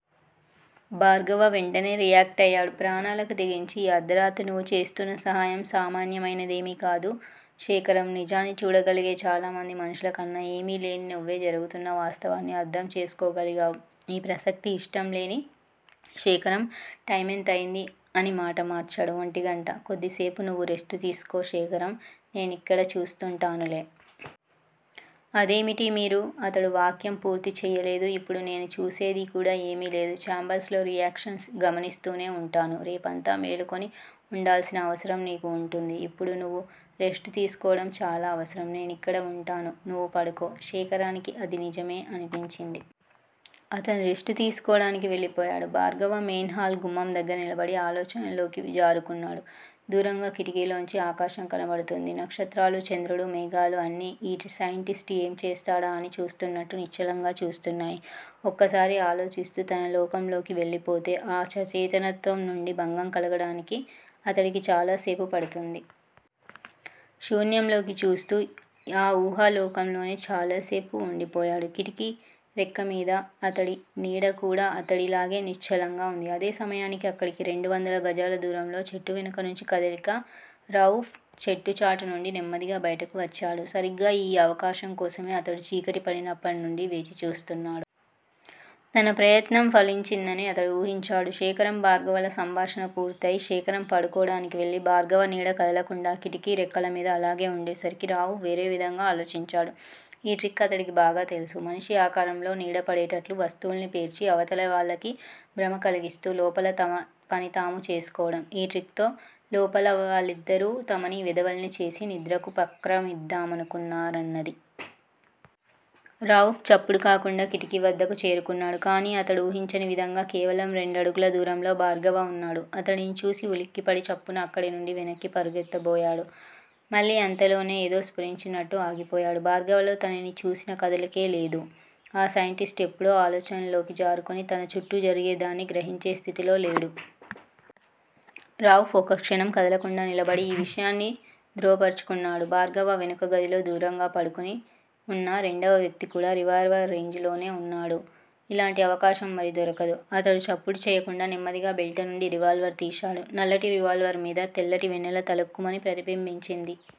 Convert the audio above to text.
భార్గవ వెంటనే రియాక్టయ్యాడు. ప్రాణాలకి తెగించి ఈ అర్థరాత్రి నువ్వు చేస్తున్న సహాయం సామాన్యమైనదేమీకాదు శేఖరం. నిజాన్ని చూడగలిగే చాలామంది మనుషుల కన్నా ఏమీలేని నువ్వే జరుగుతున్న వాస్తవాన్ని అర్థం చేసుకోగలిగావు. ఈ ప్రసక్తి ఇష్టంలేని శేఖరం టైమెంతయ్యింది? అని మాట మార్చాడు. ఒంటిగంట. కొద్దిసేపు నువ్వు రెస్టు తీసుకో శేఖరం, నేనిక్కడ చూస్తూంటానులే!? అదేమిటి మీరు? అతడు వాక్యం పూర్తి చెయ్యలేదు. ఇప్పుడు నేను చూసేది కూడా ఏమీలేదు. ఛాంబర్స్ లో రియాక్షన్స్ గమనిస్తూనే వుంటాను. రేపంతా మేలుకుని వుండాల్సిన అవసరం నీకు వుంటుంది. ఇప్పుడు నువ్వు రెస్టు తీసుకోవడం చాలా అవసరం. నేనిక్కడ వుంటాను, నువ్వు పడుకో. శేఖరానికి అది నిజమే అనిపించింది. అతను రెస్టు తీసుకోడానికి వెళ్ళిపోయాడు. భార్గవ మెయిన్ హాల్ గుమ్మం దగ్గర నిలబడి ఆలోచనలలోకి జారుకున్నాడు. దూరంగా కిటికీలోంచి ఆకాశం కనబడుతోంది. నక్షత్రాలూ, చంద్రుడూ, మేఘాలు అన్నీ ఈ సైంటిస్టు ఏం చేస్తాడా? అని చూస్తూన్నట్టు నిశ్చలంగా చూస్తున్నాయి. ఒక్కసారి ఆలోచిస్తూ తన లోకంలోనికి వెళ్ళిపోతే ఆ అచేతనత్వం నుండి భంగం కలగటానికి అతడికి చాలాసేపు పడుతుంది. శూన్యంలోకి చూస్తూ ఆ ఊహా లోకంలోనే చాలాసేపు వుండిపోయాడు. కిటికీ రెక్కమీద అతడి నీడకూడా అతడిలాగే నిశ్చలంగా వుంది. అదే సమయానికి అక్కడికి రెండువందల గజాల దూరంలో చెట్టు వెనుక నుంచి కదలిక రవూఫ్ చెట్టుచాటునుండి నెమ్మదిగా బయటికి వచ్చాడు. సరిగ్గా ఈ అవకాశం కోసమే అతడు చీకటి పడినప్పటినుండీ వేచి చూస్తున్నాడు. తన ప్రయత్నం ఫలించిందని అతడు ఊహించాడు. శేఖరం-భార్గవల సంభాషణ పూర్తి అయి శేఖరం పడుకోవడానికి వెళ్ళి, భార్గవ నీడ కదలకుండా కిటికీ రెక్కలమీద అలాగే వుండేసరికి రవూఫ్ వేరేవిధంగా ఆలోచించాడు. ఈ ట్రిక్ అతడికి బాగా తెలుసు. మనిషి ఆకారంలో నీడపడేటట్లు వస్తువుల్ని పేర్చి అవతల వాళ్ళకి భ్రమ కలిగిస్తూ లోపల తమ పని తాము చేసుకోవడం, ఈ ట్రిక్ తో లోపలివాళ్ళిద్దరూ తమని వెధవల్ని చేసి నిద్రకుపక్రమిద్దామనుకున్నారన్నది. రవూఫ్ చప్పుడు కాకుండా కిటికీ వద్దకు చేరుకున్నాడు. కానీ అతడు ఊహించని విధంగా కేవలం రెండడుగుల దూరంలో భార్గవ వున్నాడు. అతడిని చూసి ఉలిక్కిపడి చప్పున అక్కడినుండి వెనక్కి పరుగెత్తబోయాడు. మళ్ళీ అంతలోనే ఏదో స్ఫురించినట్టు ఆగిపోయాడు. భార్గవలో తనని చూసిన కదలికే లేదు. ఆ సైంటిస్టు ఎప్పుడో ఆలోచన్లలోకి జారుకుని తన చుట్టూ జరిగే దాన్ని గ్రహించే స్థితిలో లేడు. రవూఫ్ ఒక్క క్షణం కదలకుండా నిలబడి ఈ విషయాన్ని ధ్రువపరచుకున్నాడు. భార్గవ వెనుక గదిలో దూరంగా పడుకుని వున్న రెండవ వ్యక్తి కూడా రివాల్వర్ రేంజిలోనే వున్నాడు. ఇలాంటి అవకాశం మరి దొరకదు. అతడు చప్పుడు చెయ్యకుండా నెమ్మదిగా బెల్టునుండి రివాల్వర్ తీశాడు నల్లటి రివాల్వర్ మీద తెల్లటి వెన్నెల తళుక్కుమని ప్రతిబింబించింది.